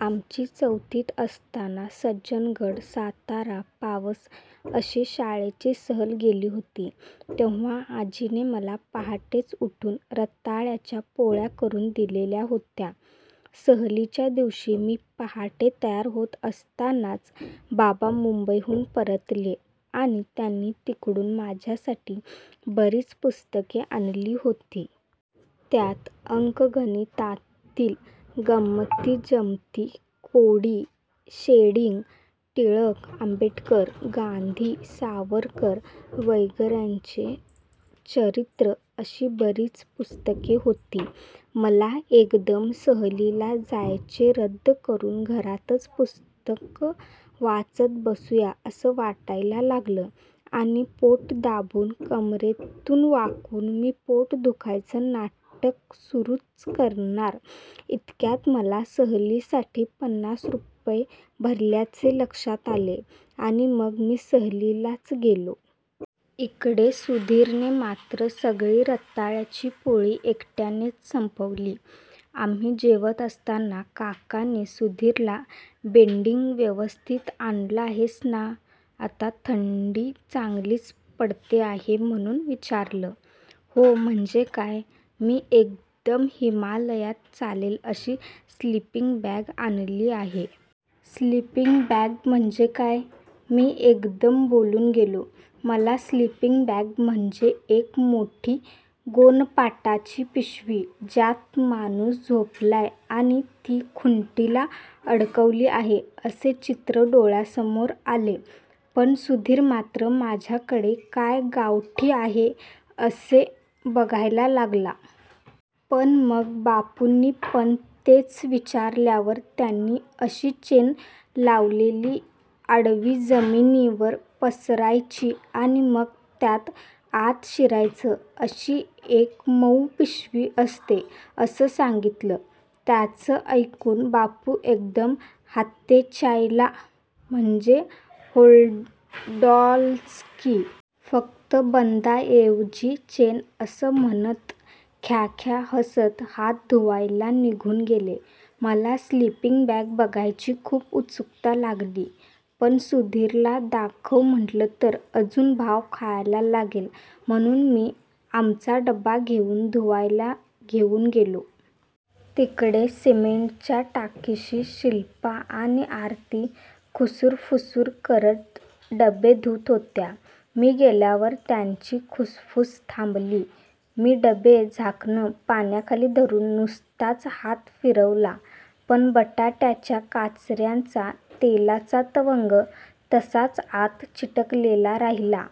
आमची चौथीत असताना सज्जनगड-सातारा-पावस अशी शाळेची सहल गेली होती तेव्हा आजीने मला पहाटेचं उठून रताळ्याच्या पोळ्या करुन दिलेल्या होत्या. सहलीच्या दिवशी मी पहाटे तयार होत असतानाच बाबा मुंबईहून परतले आणि त्यांनी तिकडून माझ्यासाठी बरीच पुस्तके आणली होती. त्यात अंकगणितातील गमतीजमती, कोडी, शेडिंग, टिळक-आंबेडकर-गांधी-सावरकर वगैरेंचं चरित्र अशी बरीच पुस्तके होती. मला एकदम सहलीला जायचे रद्द करुन घरातच पुस्तकं वाचत बसुया असं वाटायला लागलं आणि पोट दाबून, कमरेत वाकून, मी पोट दुखायचं नाटक सुरुच करणार इतक्यात मला सहलीसाठी पन्नास रुपये भरल्याचे लक्षात आले आणि मग मी सहलीलाच गेलो. इकडे सुधीरने मात्र सगळी रताळ्याची पोळी एकट्यानेच संपवली. आम्ही जेवत असताना काकांनी सुधीरला बेडिंग व्यवस्थित आणलं आहेस ना? आता थंडी चांगलीच पडते आहे म्हणुन विचारलं. हो म्हणजे काय? मी एकदम हिमालयात चालेल अशी स्लिपींग बॅग आणली आहे. स्लिपींग बॅग म्हणजे काय? मी एकदम बोलून गेलो. मला स्लिपींग बॅग म्हणजे एक मोठी गोणपाटाची पिशवी ज्यात माणुस झोपलाय आणि ती खुंटीला अडकवली आहे असे चित्र डोळ्यासमोर आले. पण सुधीर मात्र माझ्याकडे काय गावठी आहे असे बघायला लागला. पण मग बापूंनी पण तेच विचारल्यावर त्याने अशी चेन लावलेली आडवी जमिनीवर पसरायची आणि मग त्यात आत शिरायचं अशी एक मउ पिशवी असते असं सांगितलं. त्याचं ऐकून बापू एकदम हात्तेच्यायला, म्हणजे होल्डॉलच की. फक्त बंदाऐवजी चेन असं म्हणत ख्याख्या हसत हात धुवायला निघून गेले. मला स्लिपिंग बॅग बघायची खूप उत्सुकता लागली. पण सुधीरला दाखव म्हटलं तर अजून भाव खायला लागेल म्हणुन मी आमचा डबा घेउन धुवायला घेउन गेलो. तिकडे सिमेंटच्या टाकीशी शिल्पा आणि आरती खुसुरफुसुर करत डबे धूत होत्या. मी गेल्यावर त्यांची खुसफुस थांबली. मी डबे-झाकणं पाण्याखाली धरुन नुसताच हात फिरवला पण बटाट्याच्या काचऱ्यांचा तेलाचा तवंग तसाच आत चिकटलेला राहिला.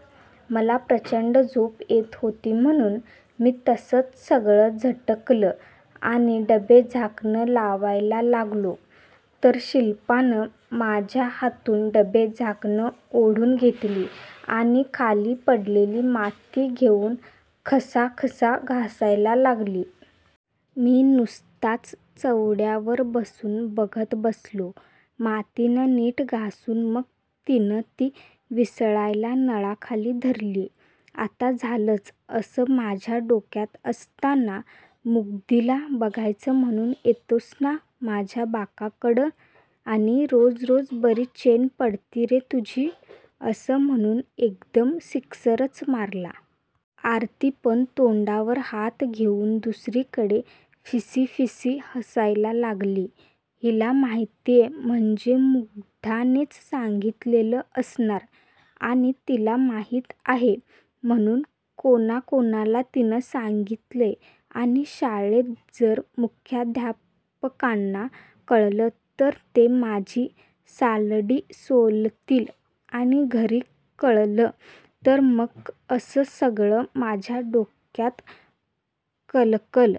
मला प्रचंड झोप येत होती म्हणुन मी तसच सगळं झटकलं आणि डबे-झाकणं लावायला लागलो तर शिल्पीनं माझ्या हातून डबे-झाकणं ओढून घेतली आणि खाली पडलेली माती घेउन खसाखसा घासायला लागली. मी नुसताच चवड्यांवर बसून बघत बसलो. मातीनं नीट घासून मग तिनं ती विसळायला नळाखाली धरली. आता झालच असं माझ्या डोक्यात असताना मुग्धीला बघायचं म्हणुन येतोस ना माझ्या बाकाकडं आणि रोज रोज बरी चेन पडती रे तुझी असं म्हणुन एकदम सिक्सरच मारला. आरतीपण तोंडावर हात घेउन दुसरीकडे फिसीफिसी हसायला लागली. हिला माहितीये म्हणजे मुग्धानेच सांगितलेलं असणार आणि तिला माहिती आहे म्हणजे कुणाकुणाला तिनं सांगितलय आणि शाळेत जर मुख्याधापकांना कळलं तर ते माझी सालडी सोलतील आणि घरी कळलं तर मग असं सगळं माझ्या डोक्यात कलकल